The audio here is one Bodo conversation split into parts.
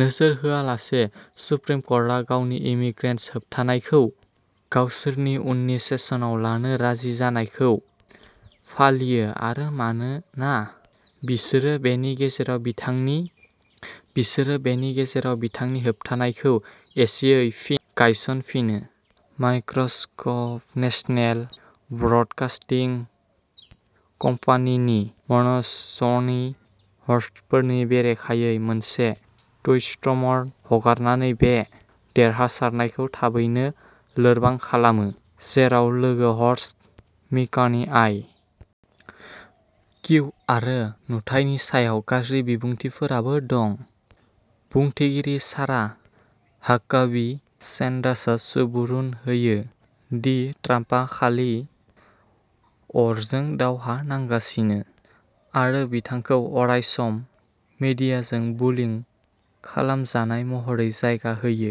नोजोर होआलासै सुप्रिम कर्टआ गावनि इमीग्रेसन होबथानायखौ गावसोरनि उननि सेसनाव लानो राजि जानायखौ फालियो आरो मानोना बिसोर बेनि गेजेराव बिथांनि होबथानायखौ एसेयै फिन गायसनफिनो। माइक्रसप्त नेशनेल ब्रदकासटिं कम्पानी नि मनसनि ज'नि ह'स्टफोरनि बेरेखायै मोनसे टुइटस्टर्म हगारनानै बे देरहासारनायखौ थाबैनो लोरबां खालामो, जेराव लोगो ह'स्ट मिकानि आइ. किउ. आरो नुथायनि सायाव गाज्रि बिबुंथिफोरबो दं। बुंथिगिरि सारा हाकाबी-सेन्डार्सआ सुबुरुन होयो दि ट्राम्पआ खालि "अरजों दावहा नांगासिनो" आरो बिथांखौ अरायसम " मिडियाजों बुलिं" खालामजानाय महरै जायगा होयो।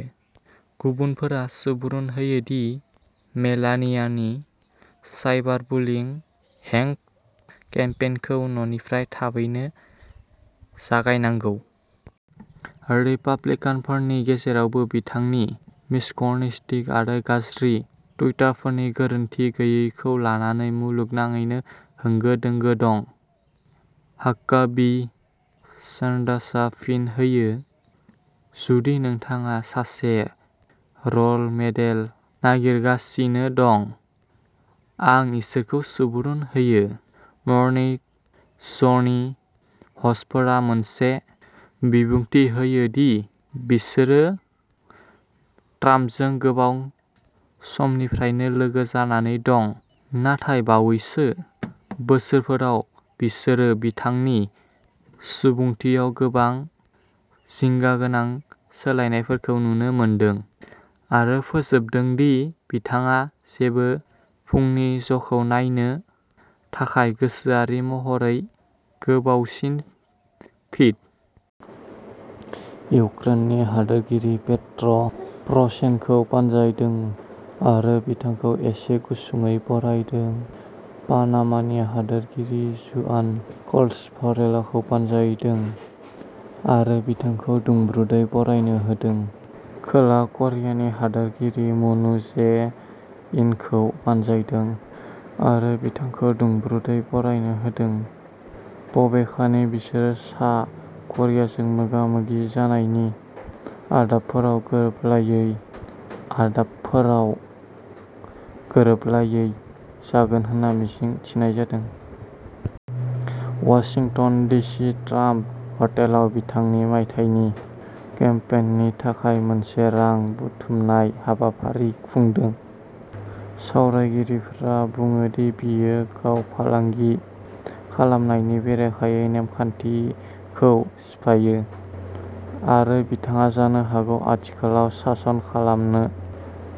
गुबुनफोरा सुबुरुन होयो दि मेलानियानि साइबार बुलिं हेंथा केम्पेइनखौ न'निफ्राय थाबैनो जागायनांगौ। रिपाब्लिकानफोरनि गेजेरावबो, बिथांनि मिसग'निसटिक आरो गाज्रि टुइटफोरनि गोरोनथि गैयैखौ लानानै मुलुगनाङैनो होंगो दोंगो दं। हाकाबी-सेन्डार्सआ फिन होयो, "जुदि नोंथाङा सासे रल मडेल नागिरगासिनो दं, आं इसोरखौ सुबुरुन होयो।" मर्निं ज'नि ह'स्टफोरा मोनसे बिबुंथि होयो दि बिसोरो ट्राम्पजों गोबाव समनिफ्रायनो लोगो जानानै दं, नाथाय बावैसो बोसोरफोराव बिसोरो बिथांनि सुबुंथियाव गोबां जिंगा गोनां सोलायनायफोरखौ नुनो मोनदों आरो फोजोबदों दि बिथाङा जेबो फुंनि ज'खौ नायनो थाखाय गोसोआरि महरै गोबावसिन फिट। इउक्रेननि हादोरगिरि पेट्र'पर'शेन्क'खौ बानजायदों आरो बिथांखौ एसे गुसुङै बरायदों। पानामानि हादोरगिरि जुआन कार्ल'स भारेलाखौ बानजायदों आरो बिथांखौ दुंब्रुदै बरायनो होदों। खोला क'रियानि हादोरगिरि मुन जे-इनखौ बानजायदों आरो बिथांखौ दुंब्रुदै बरायनो होदों, बबेखानि बिसोर सा क'रियाजों मोगा-मोगि जानायनि आदबफोराव गोरोबलायै जागोन होनना मिजिं थिनाय जादों। वाशिंटन डिसि ट्राम्प हटेलाव बिथांनि मायथाइनि केम्पेइननि थाखाय मोनसे रां बुथुमनाय हाबाफारि खुंदों। सावरायगिरिफोरा बुङो दि बेयो गाव-फालांगि खालामनायनि बेरेखायै नेमखानथिखौ सिफायो, आरो बिथाङा जानो हागौ आथिखालाव सासन खालामनो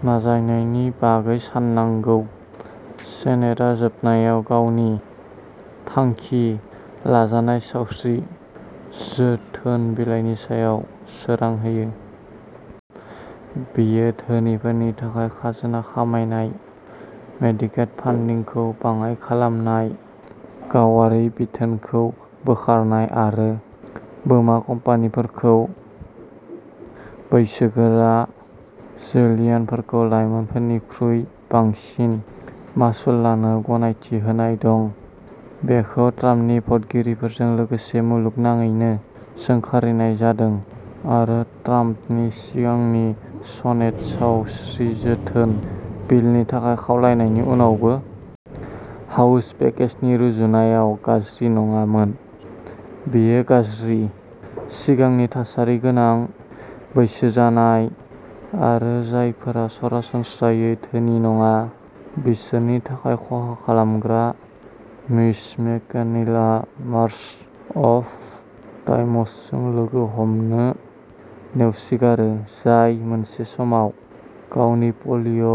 नाजानायनि बागै साननांगौ। सेनेटआ जोबनायाव गावनि थांखि लाजानाय सावस्रि जोथोन बिलनि सायाव सोरां होयो। बेयाव धोनिफोरनि थाखाय खाजोना खमायनाय, मेडिकेड फान्डिंखौ बाङाइ खालामनाय, गावारि बिथोनखौ बोखारनाय आरो बीमा कम्पानिफोरखौ बैसोगोरा जिलियनफोरखौ लाइमोनफोरनिख्रुइ बांसिन मासुल लानो गनायथि होनाय दं। बेखौ ट्राम्पनि भटगिरिफोरजों लोगोसे मुलुगनाङैनो सोंखारिनाय जादों। आरो ट्राम्पनि सिगांनि सेनेट सावस्रि जोथोन बिलनि थाखाय खावलायनायनि उनावबो। हाउस पेकेजनि रुजुनायाव "गाज्रि" नङामोन, बेयो गाज्रिः सिगांनि थासारि गोनां, बैसो जानाय, आरो जायफोरा सरासनस्रायै धोनि नङा, बिसोरनि थाखाय खहा खालामग्रा। मिच मेककनेलआ मार्च अफ डाइम्सजों लोगो हमनो नेवसिगारो जाय मोनसे समाव गावनि पलिय'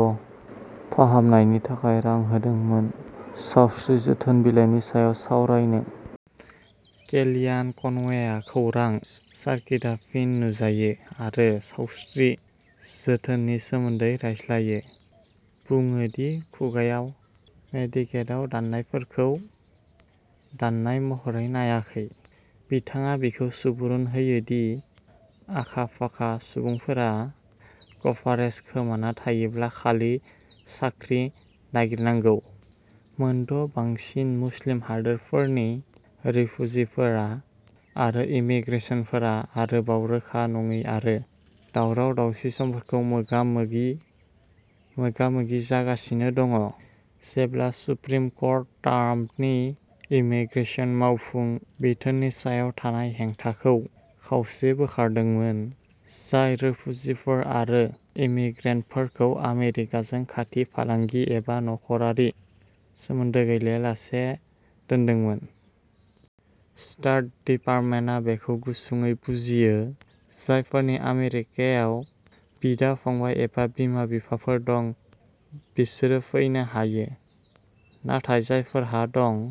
फाहामनायनि थाखाय रां होदोंमोन सावस्रि जोथोन बिलनि सायाव सावरायनो। केलियान कनवेआ खौरां सार्किटा फिन नुजायो आरो सावस्रि जोथोननि सोमोन्दै रायज्लायो, बुङो दि खुंथायआ मेडिकेडआव दाननायफोरखौ दाननाय महरै नायाखै। बिथाङा बेखौबो सुबुरुन होयो दि "आखा-फाखा" सुबुंफोरा कभारेज खोमाना थायोब्ला खालि साख्रि नागिरनांगौ। मोनद'बांसिन मुस्लिम हादोरफोरनि रिफुजिफोर आरो इम्मिग्रेन्टफोरा आरोबाव रोखा नङि आरो दावराव-दावसि समफोरखौ मोगा-मोगि जागासिनो दं, जेब्ला सुप्रिम कर्टा ट्राम्पनि इमीग्रेसन मावफुं बिथोननि सायाव थानाय हेंथाखौ खावसे बोखारदोंमोन, जाय रिफुजिफोर आरो इम्मिग्रेन्टफोरखौ आमेरिकाजों खाथि फालांगि एबा नखरारि सोमोन्दो गैयालासे दोनदोंमोन। स्टेट डिपार्टमेन्टआ बेखौ गुसुंयै बुजियो, जायफोरनि आमेरिकायाव बिदा-फंबाय एबा बिमा-बिफाफोर दं बिसोर फैनो हायो, नाथाय जायफोरा दं।